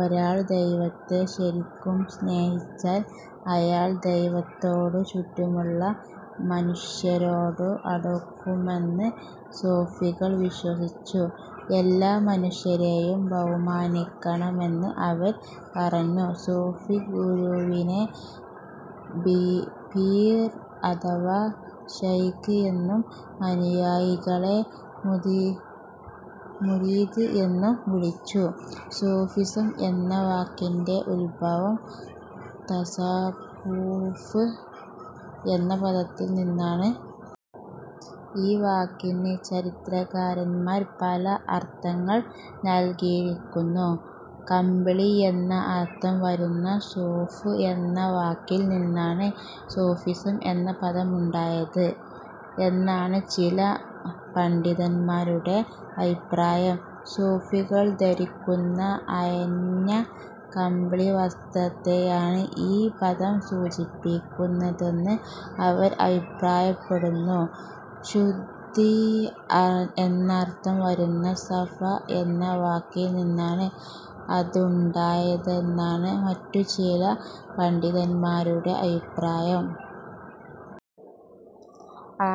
ഒരാൾ ദൈവത്തെ ശരിക്കും സ്നേഹിച്ചാൽ അയാൾ ദൈവത്തോടും ചുറ്റുമുള്ള മനുഷ്യരോടും അടുക്കുമെന്ന് സൂഫികൾ വിശ്വസിച്ചു. എല്ലാ മനുഷ്യരെയും ബഹുമാനിക്കണമെന്ന് അവർ പറഞ്ഞു. സൂഫിഗുരുവിനെ പീർ അഥവാ ശെയ്ഖ് എന്നും അനുയായികളെ മുരീദ് എന്നും വിളിച്ചു. സൂഫിസം എന്ന വാക്കിന്റെ ഉത്ഭവം തസപ്പൂഫ് എന്ന പദത്തിൽ നിന്നാണ്. ഈ വാക്കിന് ചരിത്രകാരന്മാർ പല അർഥങ്ങൾ നൽകിയിരിക്കുന്നു. കമ്പിളി എന്ന അർഥം വരുന്ന സൂഫ് എന്ന വാക്കിൽ നിന്നാണ് സൂഫിസം എന്ന പദമുണ്ടായത് എന്നാണ് ചില പണ്ഡിതന്മാരുടെ അഭിപ്രായം. സൂഫികൾ ധരിക്കുന്ന അയഞ്ഞ കമ്പിളിവസ്ത്രത്തെയാണ് ഈ പദം സൂചിപ്പിക്കുന്നതെന്ന് അവർ അഭിപ്രായപ്പെടുന്നു. ശുദ്ധി എന്നർഥം വരുന്ന സഫ എന്ന വാക്കിൽനിന്നാണ് അ തുണ്ടായതെന്നാണ് മറ്റു ചില പണ്ഡിതന്മാരുടെ അഭിപ്രായം.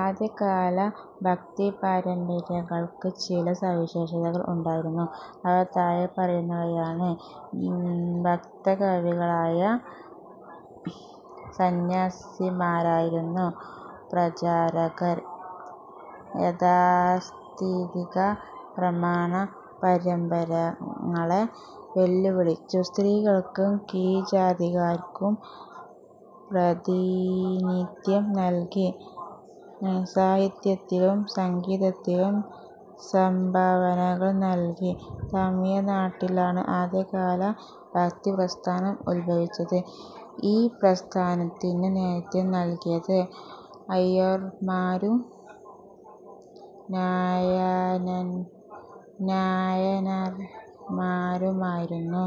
ആദ്യകാല ഭക്തിപാരമ്പര്യങ്ങൾക്ക് ചില സവിശേഷതകൾ ഉണ്ടായിരുന്നു. അവ താഴെ പറയുന്നവയാണ്. ഭക്തകവികളായ സന്ന്യാസിമാരായിരുന്നു പ്രചാരകർ. യഥാസ്ഥിതിക ബ്രമാണം പാരമ്പര്യങ്ങളെ വെല്ലുവിളിച്ചു. സ്ത്രീകൾക്കും കീഴ്ജാതിക്കാർക്കും പ്രാതിനിധ്യം നൽകി. സാഹിത്യത്തിലും സംഗീതത്തിലും സംഭാവനകൾ നൽകി. തമിഴ്നാട്ടിലാണ് ആദ്യകാല ഭക്തിപ്രസ്ഥാനം ഉദ്ഭവിച്ചത്. ഈ പ്രസ്ഥാനത്തിനു നേതൃത്വം നൽകിയത് ആഴ്വാർമാരും നായനാർമാരുമായിരുന്നു.